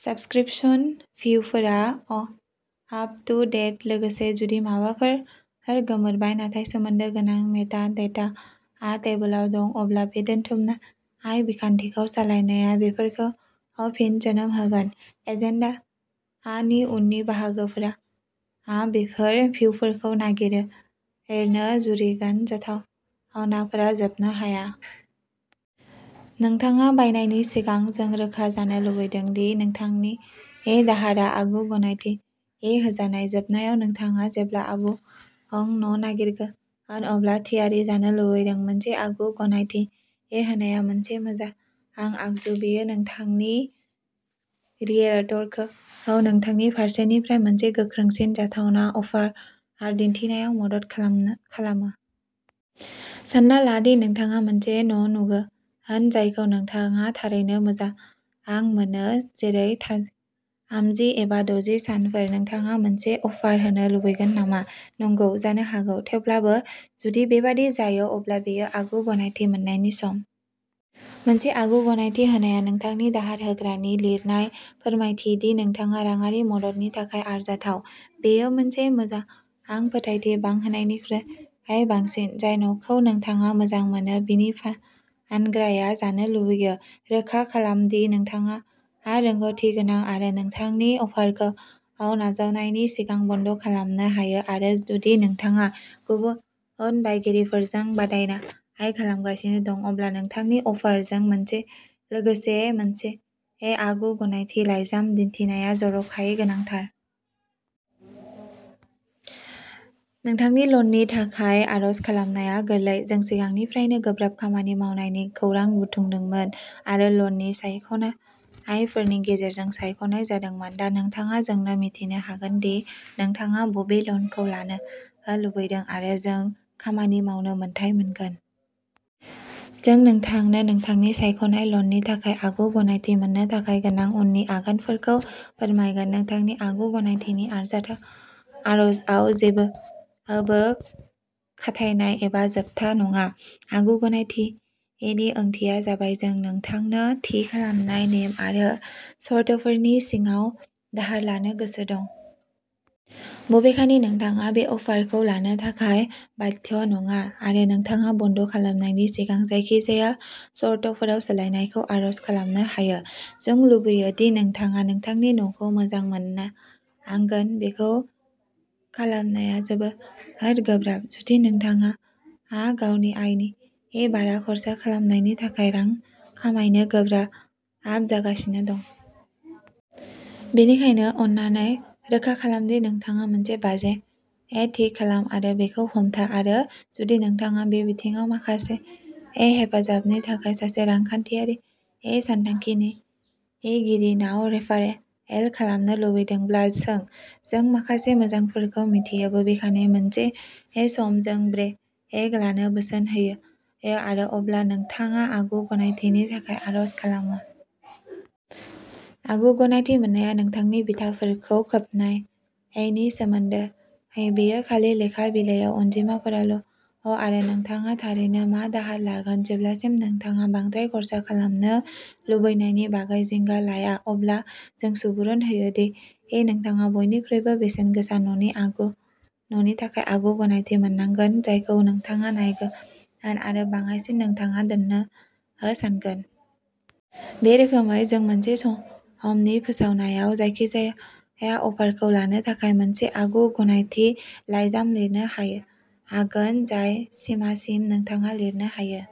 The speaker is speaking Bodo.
साब्सक्रिपशन भिउफोरा आप टु डेट। लोगोसे जुदि माबाफोर गोमोरबाय नाथाय सोमोन्दो गोनां मेटा डेटा टेबोलाव दं। अब्ला बे दोनथुमनाय बिखान्थिखौ सालायनाया बेफोरखौ फिन जोनोम होगोन। एजेन्डानि उननि बाहागोआ बेफोर भिउफोरखौ नागिरनो जुरिगोन जाथावनाफोरा जोबनो हाया। नोंथाङा बायनायनि सिगां, जों रोखा जानो लुबैदों दि नोंथांनि दाहारआ आगु गनायथि होजानाय। जोबनायाव, नोंथाङा जेब्ला आबुं न'नागिरगोन अब्ला थियारि थानो लुबैदों। मोनसे आगु-गनायथि होनाया मोनसे मोजां आगजु बेयो नोंथांनि रियेलट'रखौ नोंथांनि फारसेनिफ्राय मोनसे गोख्रोंसिन जाथावना अफार दिनथिनायाव मदद खालामो। सानना ला दि नोंथाङा मोनसे न' नुगोन जायखौ नोंथाङा थारैनो मोजां मोनो, जेरै, थामजि एबा द'जि सानफोर। नोंथाङा मोनसे अफार होनो लुबैगोन नामा? नंगौ? जानो हागौ, थेवब्लाबो? जुदि बेबादि जायो, अब्ला बेयो आगु गनायथि मोननायनि सम। मोनसे आगु गनायथि होनाया नोंथांनि दाहार होग्रानि लिरनाय फोरमायथि दि नोंथाङा राङारि मददनि थाखाय आरजाथाव। बेयो मोनसे मोजां फोथायथि बांहोनायनिख्रुइ बांसिन। जाय न'खौ नोंथाङा मोजां मोनो, बिनि फानग्राया जानो लुबैयो। रोखा खालाम दि नोंथाङा रोंग'थि गोनां आरो नोंथांनि अफारखौ नाजावनायनि सिगां बन्द' खालामनो हायो आरो जुदि नोंथाङा गुबुन बायगिरिफोरजों बादायनाय खालामगासिनो दं, अब्ला नोंथांनि अफारजों लोगोसे मोनसे आगु गनायथि लाइजाम दिन्थिनाया जर'खायै गोनांथार। नोंथांनि लननि थाखाय आर'ज खालामनाया गोरलै। जों सिगांनिफ्रायनो गोब्राब खामानि मावनायनि खौरां बुथुमदोंमोन आरो ल'ननि सायख'नायफोरनि गेजेरजों सायख'नाय जादोंमोन। दा नोंथाङा जोंनो मिथिनो हागोन दि नोंथाङा बबे ल'नखौ लानो लुबैदों आरो जों खामानि मावनो मोन्थाइ मोनगोन। जों नोंथांनो नोंथांनि सायख'नाय ल'ननि थाखाय आगु गनायथि मोननो थाखाय गोनां उननि आगानफोरखौ फोरमायगोन। नोंथांनि आगु गनायथिनि आर'जआव जेबोबो खाथायनाय एबा जोबथा नङा। आगु गनायथिनि ओंथिया जाबाय जों नोंथांनो थि खालामनाय नेम आरो सर्तफोरनि सिङाव दाहार होनो गोसो दं। बबेखानि, नोंथाङा बे अफारखौ लानो थाखाय बाध्य नङा आरो नोंथाङा बन्द' खालामनायनि सिगां जायखिजाया सर्तफोराव सोलायनायखौ आर'ज खालामनो हायो। जों लुबैयो दि नोंथाङा नोंथांनि न'खौ मोजां मोननांगोन। बेखौ खालामनाया जोबोद गोब्राब जुदि नोंथाङा गावनि आयनि बारा खर्सा खालामनायनि थाखाय रां खामायनो गोब्राब जागासिनो दं। बेनिखायनो, अन्नानै, रोखा खालाम दि नोंथाङा मोनसे बाजेट थि खालाम आरो बेखौ हमथा आरो जुदि नोंथाङा बे बिथिङाव माखासे हेफाजाबनि थाखाय सासे रांखान्थियारि सानथांखिगिरिनाव रेफारेल खालामनो लुबैदोंब्ला, सों। जों माखासे मोजांफोरखौ मिथियो। बबेखानि, मोनसे सम जों ब्रेक लानो बोसोन होयो आरो अब्ला नोंथाङा आगु गनायथिनि थाखाय आर'ज खालामो। आगु गनायथि मोननाया नोंथांनि बिथाफोरखौ खोबनायनि सोमोन्दै। बेयो खालि लेखा बिलायाव अनजिमाफोरल' आरो नोंथाङा थारैनो मा दाहार लागोन। जेब्लासिम नोंथाङा बांद्राय खर्सा खालामनो लुबैनायनि बागै जिंगा लाया, अब्ला जों सुबुरुन होयो दि नोंथाङा बयनिख्रुइबो बेसेनगोसा न'नि थाखाय आगु गनायथि मोननांगोन जायखौ नोंथाङा नायगोन आरो बाङाइसिन नोंथाङा दोन्नो सानगोन। बे रोखोमै, जों मोनसे समनि फोसावनायाव, जायखिजाया अफारखौ लानो थाखाय मोनसे आगु गनायथि लाइजाम लिरनो हागोन, जाय सिमासिम नोंथाङा लिरनो हायो।